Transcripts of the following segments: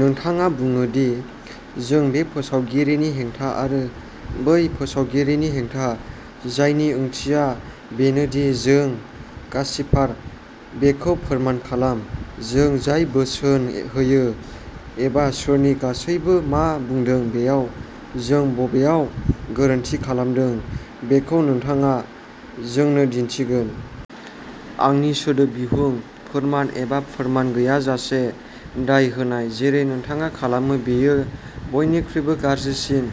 नोंथाङा बुङो दि जों "बे फोसावगिरिनि हेंथा आरो बै फोसावगिरिनि हेंथा", जायनि ओंथिया बेनो दि जों गासिपार। बेखौ फोरमान खालाम। जों जाय बोसोन होयो एबा सोरनि बागैबो मा बुंदों बेयाव जों बबेयाव गोरोन्थि खालामदों बेखौ नोंथाङा जोंनो दिन्थिगोन। आंनि सोदोब बिहुं, फोरमान एबा फोरमान गैयाजासे दाय होनाय, जेरै नोंथाङा खालामो, बेयो बयनिख्रुइबो गाज्रिसिन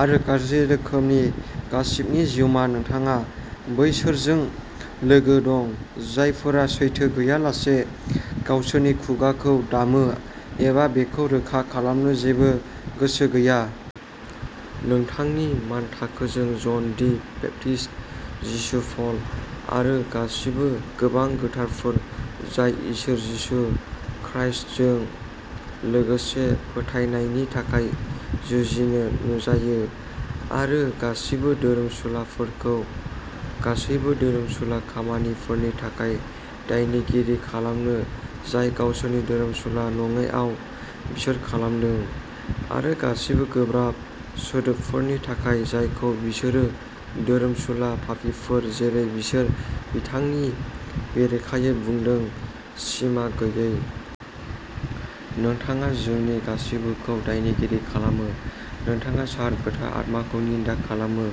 आरो गाज्रि रोखोमनि गासिपनि जिउमा। नोंथाङा बैसोरजों लोगो दं, जायफोरा सैथो गैयालासे गावसोरनि खुगाखौ दामो एबा बेखौ रोखा खालामनो जेबो गोसो गैया। नोंथांनि मानथाखोजों, जन दि बेप्टिस्ट, जिसु, पल आरो गासिबो गोबां गोथारफोर, जाय इसोर जिसु खृष्टजों लोगोसे फोथायनायनि थाखाय जुजिनो नुजायो "आरो गासिबो धोरोमसुलाफोरखौ गासैबो धोरोमसुला खामानिफोरनि थाखाय दायनिगिरि खालामनो, जाय गावसोरनि धोरोमसुला नङैआव बिसोर खालामदों, आरो गासिबो गोब्राब सोदोबफोरनि थाखाय, जायखौ बिसोरो, धोरोमसुला पापीफोर जेरै बिसोर, बिथांनि बेरेखायै बुंदों" सिमा गैयै। नोंथाङा जोंनि गासिबोखौ दायनिगिरि खालामो। नोंथाङा, सार, गोथार आत्माखौ निन्दा खालामो,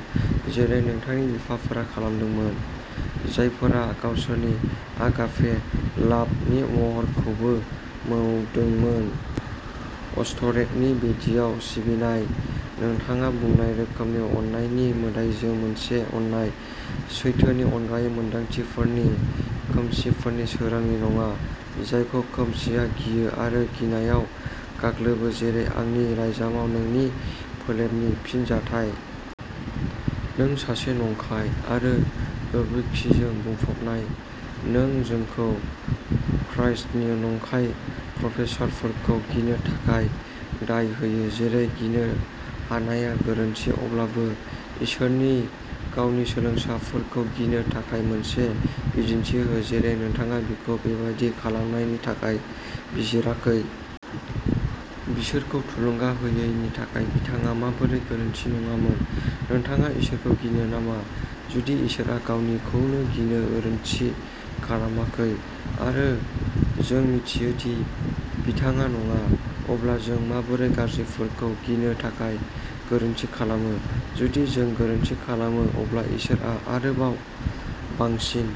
जेरै नोंथांनि बिफाफोरा खालामदोंमोन, जायफोरा गावसोरनि "आगापे लाभ" नि महरखौबो मावदोंमोन, अष्टरेथनि बेदियाव सिबिनाय, नोंथाङा बुंनाय रोखोमनि अननायनि मोदाइजो, मोनसे अननाय। सैथोनि अनगायै मोन्दांथिफोरनि, खोमसिफोरनि, सोरांनि नङा, जायखौ खोमसिआ गियो आरो गिनायाव गाग्लोबो, जेरै आंनि लाइजामाव नोंनि फोलेरनि फिनजाथाय। नों सासे नंखाय आरो गोबोरखिजों बुंफबनाय। नों जोंखौ खृष्टनि नंखाय प्रफेसारफोरखौ गिनो थाखाय दाय होयो, जेरै गिनो हानाया गोरोन्थि, अब्लाबो इसोरनि गावनि सोलोंसाफोरखौ गिनो थाखाय मोनसे बिदिन्थि हो, जेरै नोंथाङा बिखौ बेबादि खालामनायनि थाखाय बिजिराखै। बिसोरखौ थुलुंगा होयैनि थाखाय बिथाङा माबोरै गोरोन्थि नङामोन? नोंथाङा इसोरखौ गिनो नामा? जुदि इसोरआ गावनिखौनो गिनो गोरोनथि खालामाखै, आरो जों मिथियो दि बिथाङा नङा, अब्ला जों माबोरै गाज्रिफोरखौ गिनो थाखाय गोरोन्थि खालामो? जुदि जों गोरोन्थि खालामो, अब्ला इसोरआ आरोबाव बांसिन।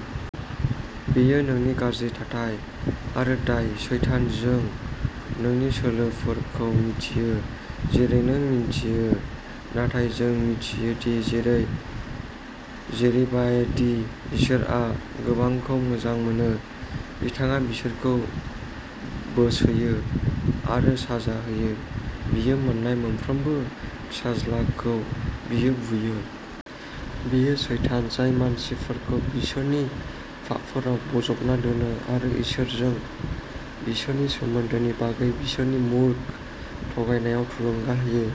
बेयो नोंनि गाज्रि थाथाय आरो दाय, सैतान। जों नोंनि सोलोफोरखौ मिथियो, जेरै नों मिन्थियो। नाथाय जों मिथियो दि जेरै जेरैबादि इसोरआ गोबांखौ मोजां मोनो, बिथाङा बिसोरखौ बोसोयो आरो साजा होयो। बियो मोन्नाय मोनफ्रोमबो फिसाज्लाखौ बियो बुयो। बेयो सैतान जाय मानसिफोरखौ बिसोरनि पापफोराव बोजबना दोनो आरो इसोरजों बिसोरनि सोमोन्दोनि बागै बिसोरनि मूर्ख थगायनायाव थुलुंगा होयो।